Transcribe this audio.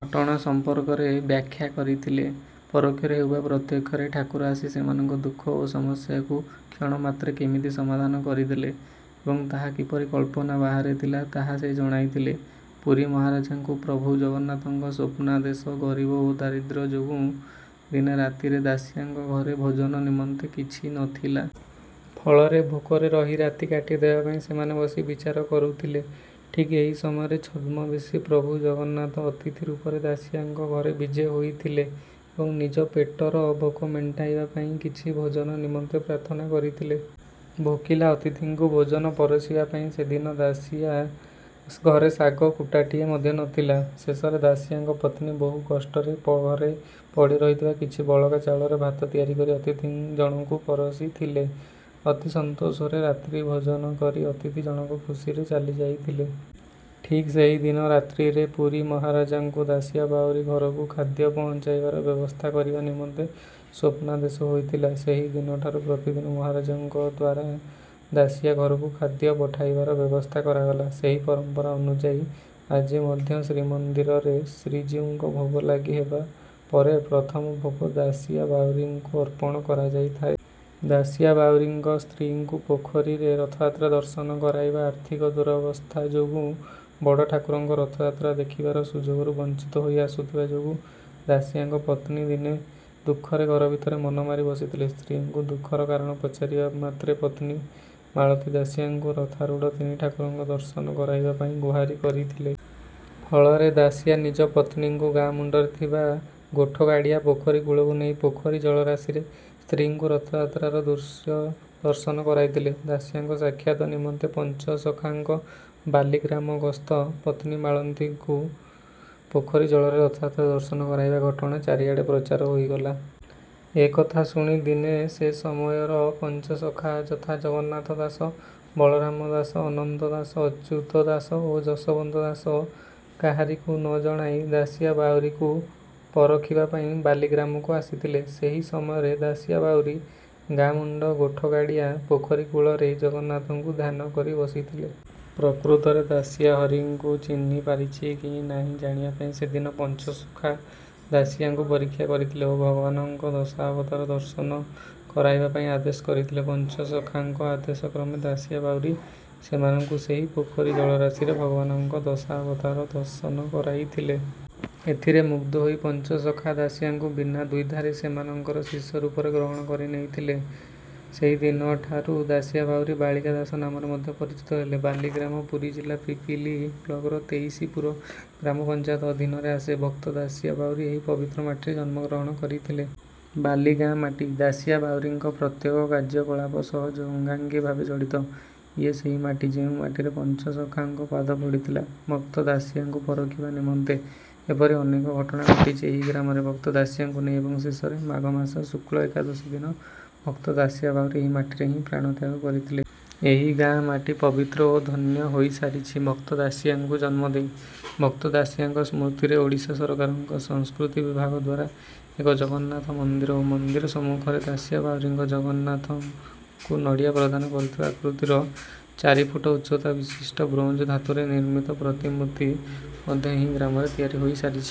ଘଟଣା ସମ୍ପର୍କରେ ବ୍ୟାଖ୍ୟା କରିଥିଲେ। ପରୋକ୍ଷରେ ହେଉ ବା ପ୍ରତ୍ୟକ୍ଷରେ ଠାକୁର ଆସି ସେମାନଙ୍କ ଦୁଃଖ ଓ ସମସ୍ୟାକୁ କ୍ଷଣମାତ୍ରେ କେମିତି ସମାଧାନ କରିଦେଲେ ଏବଂ ତାହା କିପରି କଳ୍ପନା ବାହାରେ ଥିଲା ତାହା ସେ ଜଣାଇଥିଲେ। ପୁରୀ ମହାରାଜାଙ୍କୁ ପ୍ରଭୁ ଜଗନ୍ନାଥଙ୍କ ସ୍ୱପ୍ନାଦେଶ ଗରୀବ ଓ ଦାରିଦ୍ର୍ୟ ଯୋଗୁଁ ଦିନେ ରାତିରେ ଦାସିଆଙ୍କ ଘରେ ଭୋଜନ ନିମନ୍ତେ କିଛି ନଥିଲା। ଫଳରେ ଭୋକରେ ରହି ରାତି କାଟି ଦେବା ପାଇଁ ସେମାନେ ବସି ବିଚାର କରୁଥିଲେ। ଠିକ୍ ଏହି ସମୟରେ ଛଦ୍ମବେଶୀ ପ୍ରଭୁ ଜଗନ୍ନାଥ ଅତିଥି ରୂପରେ ଦାସିଆଙ୍କ ଘରେ ବିଜେ ହୋଇଥିଲେ ଏବଂ ନିଜ ପେଟର ଭୋକ ମେଣ୍ଟାଇବା ପାଇଁ କିଛି ଭୋଜନ ନିମନ୍ତେ ପ୍ରାର୍ଥନା କରିଥିଲେ। ଭୋକିଲା ଅତିଥିଙ୍କୁ ଭୋଜନ ପରସିବା ପାଇଁ ସେଦିନ ଦାସିଆ ଘରେ ଶାଗ କୂଟାଟିଏ ମଧ୍ୟ ନଥିଲା। ଶେଷରେ ଦାସିଆଙ୍କ ପତ୍ନୀ ବହୁ କଷ୍ଟରେ ଘରେ ପଡ଼ିରହିଥିବା କିଛି ବଳକା ଚାଉଳରେ ଭାତ ତିଆରି କରି ଅତିଥି ଜଣଙ୍କୁ ପରସିଥିଲେ। ଅତି ସନ୍ତୋଷରେ ରାତ୍ରି ଭୋଜନ କରି ଅତିଥି ଜଣକ ଖୁସିରେ ଚାଲିଯାଇଥିଲେ। ଠିକ୍ ସେହିଦିନ ରାତ୍ରିରେ ପୁରୀ ମହାରାଜାଙ୍କୁ ଦାସିଆ ବାଉରୀ ଘରକୁ ଖାଦ୍ୟ ପହଞ୍ଚାଇବାର ବ୍ୟବସ୍ଥା କରିବା ନିମନ୍ତେ ସ୍ୱପ୍ନାଦେଶ ହୋଇଥିଲା। ସେହିଦିନ ଠାରୁ ପ୍ରତିଦିନ ମହାରାଜାଙ୍କ ଦ୍ୱାରା ଦାସିଆ ଘରକୁ ଖାଦ୍ୟ ପଠାଇବାର ବ୍ୟବସ୍ଥା କରାଗଲା। ସେହି ପରମ୍ପରା ଅନୁଯାୟୀ ଆଜି ମଧ୍ୟ ଶ୍ରୀମନ୍ଦିରରେ ଶ୍ରୀଜିଉଙ୍କ ଭୋଗ ଲାଗି ହେବା ପରେ ପ୍ରଥମ ଭୋଗ ଦାସିଆ ବାଉରୀଙ୍କୁ ଅର୍ପଣ କରାଯାଇଥାଏ। ଦାସିଆ ବାଉରୀଙ୍କ ସ୍ତ୍ରୀଙ୍କୁ ପୋଖରୀରେ ରଥଯାତ୍ରା ଦର୍ଶନ କରାଇବା ଆର୍ଥିକ ଦୁରାବସ୍ଥା ଯୋଗୁଁ ବଡ଼ ଠାକୁରଙ୍କ ରଥଯାତ୍ରା ଦେଖିବାର ସୁଯୋଗରୁ ବଞ୍ଚିତ ହୋଇ ଆସୁଥିବା ଯୋଗୁଁ ଦାସିଆଙ୍କ ପତ୍ନୀ ଦିନେ ଦୁଃଖରେ ଘର ଭିତରେ ମନ ମାରି ବସିଥିଲେ। ସ୍ତ୍ରୀଙ୍କୁ ଦୁଃଖର କାରଣ ପଚାରିବା ମାତ୍ରେ ପତ୍ନୀ ମାଳତୀ ଦାସିଆଙ୍କୁ ରଥାରୂଢ଼ ତିନି ଠାକୁରଙ୍କ ଦର୍ଶନ କରାଇବା ପାଇଁ ଗୁହାରି କରିଥିଲେ। ଫଳରେ ଦାସିଆ ନିଜ ପତ୍ନୀଙ୍କୁ ଗାଁ ମୁଣ୍ଡରେ ଥିବା ଗୋଠଗାଡ଼ିଆ ପୋଖରୀ କୂଳକୁ ନେଇ ପୋଖରୀ ଜଳରାଶିରେ ସ୍ତ୍ରୀଙ୍କୁ ରଥଯାତ୍ରାର ଦୃଶ୍ୟ ଦର୍ଶନ କରାଇଥିଲେ। ଦାସିଆଙ୍କ ସାକ୍ଷାତ ନିମନ୍ତେ ପଞ୍ଚସଖାଙ୍କ ବାଲିଗ୍ରାମ ଗସ୍ତ ପତ୍ନୀ ମାଳତୀଙ୍କୁ ପୋଖରୀ ଜଳରେ ରଥଯାତ୍ରା ଦର୍ଶନ କରାଇବା ଘଟଣା ଚାରିଆଡ଼େ ପ୍ରଚାର ହୋଇଗଲା। ଏ କଥା ଶୁଣି ଦିନେ ସେ ସମୟର ପଞ୍ଚସଖା ଯଥା ଜଗନ୍ନାଥ ଦାସ ବଳରାମ ଦାସ ଅନନ୍ତ ଦାସ ଅଚ୍ୟୁତ ଦାସ ଓ ଯଶୋବନ୍ତ ଦାସ କାହାରିକୁ ନଜଣାଇ ଦାସିଆ ବାଉରୀକୁ ପରଖିବା ପାଇଁ ବାଲିଗ୍ରାମକୁ ଆସିଥିଲେ। ସେହି ସମୟରେ ଦାସିଆ ବାଉରୀ ଗାଁ ମୁଣ୍ଡ ଗୋଠଗାଡ଼ିଆ ପୋଖରୀ କୂଳରେ ଜଗନ୍ନାଥଙ୍କୁ ଧ୍ୟାନ କରି ବସିଥିଲେ। ପ୍ରକୃତରେ ଦାସିଆ ହରିଙ୍କୁ ଚିହ୍ନି ପାରିଛି କି ନାହିଁ ଜାଣିବା ପାଇଁ ସେଦିନ ପଞ୍ଚସଖା ଦାସିଆଙ୍କୁ ପରୀକ୍ଷା କରିଥିଲେ ଓ ଭଗବାନଙ୍କ ଦଶାବତାର ଦର୍ଶନ କରାଇବା ପାଇଁ ଆଦେଶ କରିଥିଲେ। ପଞ୍ଚସଖାଙ୍କ ଆଦେଶ କ୍ରମେ ଦାସିଆ ବାଉରୀ ସେମାନଙ୍କୁ ସେହି ପୋଖରୀ ଜଳରାଶିରେ ଭଗବାନଙ୍କ ଦଶାବତାର ଦର୍ଶନ କରାଇଥିଲେ। ଏଥିରେ ମୁଗ୍ଧ ହୋଇ ପଞ୍ଚସଖା ଦାସିଆଙ୍କୁ ବିନା ଦ୍ୱିଧାରେ ସେମାନଙ୍କର ଶିଷ୍ୟ ରୂପରେ ଗ୍ରହଣ କରିନେଇଥିଲେ। ସେହିଦିନ ଠାରୁ ଦାସିଆ ବାଉରୀ ବାଳିକା ଦାସ ନାମରେ ମଧ୍ୟ ପରିଚିତ ହେଲେ। ବାଲିଗ୍ରାମ ପୁରୀ ଜିଲ୍ଲା ପିପିଲି ବ୍ଲକର ତେଇସିପୁର ଗ୍ରାମ ପଞ୍ଚାୟତ ଅଧୀନରେ ଆସେ। ଭକ୍ତ ଦାସିଆ ବାଉରୀ ଏହି ପବିତ୍ର ମାଟିରେ ଜନ୍ମଗ୍ରହଣ କରିଥିଲେ। ବାଲିଗାଁ ମାଟି ଦାସିଆ ବାଉରୀଙ୍କ ପ୍ରତ୍ୟେକ କାର୍ଯ୍ୟକଳାପ ସହ ଅଙ୍ଗାଙ୍ଗୀ ଭାବେ ଜଡ଼ିତ। ଇଏ ସେହି ମାଟି ଯେଉଁ ମାଟିରେ ପଞ୍ଚସଖାଙ୍କ ପାଦ ପଡ଼ିଥିଲା ଭକ୍ତ ଦାସିଆଙ୍କୁ ପରଖିବା ନିମନ୍ତେ। ଏପରି ଅନେକ ଘଟଣା ଘଟିଛି ଏହି ଗ୍ରାମରେ ଭକ୍ତ ଦାସିଆଙ୍କୁ ନେଇ। ଏବଂ ଶେଷରେ ମାଘ ଶୁକ୍ଳ ଏକାଦଶୀ ଦିନ ଭକ୍ତ ଦାସିଆ ବାଉରୀ ଏହି ମାଟିରେ ହିଁ ପ୍ରାଣ ତ୍ୟାଗ କରିଥିଲେ। ଏହି ଗାଁ ମାଟି ପବିତ୍ର ଓ ଧନ୍ୟ ହୋଇସାରିଛି ଭକ୍ତ ଦାସିଆଙ୍କୁ ଜନ୍ମ ଦେଇ। ଭକ୍ତ ଦାସିଆଙ୍କ ସ୍ମୃତିରେ ଓଡ଼ିଶା ସରକାରଙ୍କ ସଂସ୍କୃତି ବିଭାଗ ଦ୍ୱାରା ଏକ ଜଗନ୍ନାଥ ମନ୍ଦିର ଓ ମନ୍ଦିର ସମ୍ମୁଖରେ ଦାସିଆ ବାଉରୀଙ୍କ ଜଗନ୍ନାଥଙ୍କୁ ନଡ଼ିଆ ପ୍ରଦାନ କରୁଥିବା ଆକୃତିର ଚାରି ଫୁଟ ଉଚ୍ଚତା ବିଶିଷ୍ଟ ବ୍ରୋଞ୍ଜ ଧାତୁରେ ନିର୍ମିତ ପ୍ରତିମୂର୍ତ୍ତି ମଧ୍ୟ ଏହି ଗ୍ରାମରେ ତିଆରି ହୋଇସାରିଛି।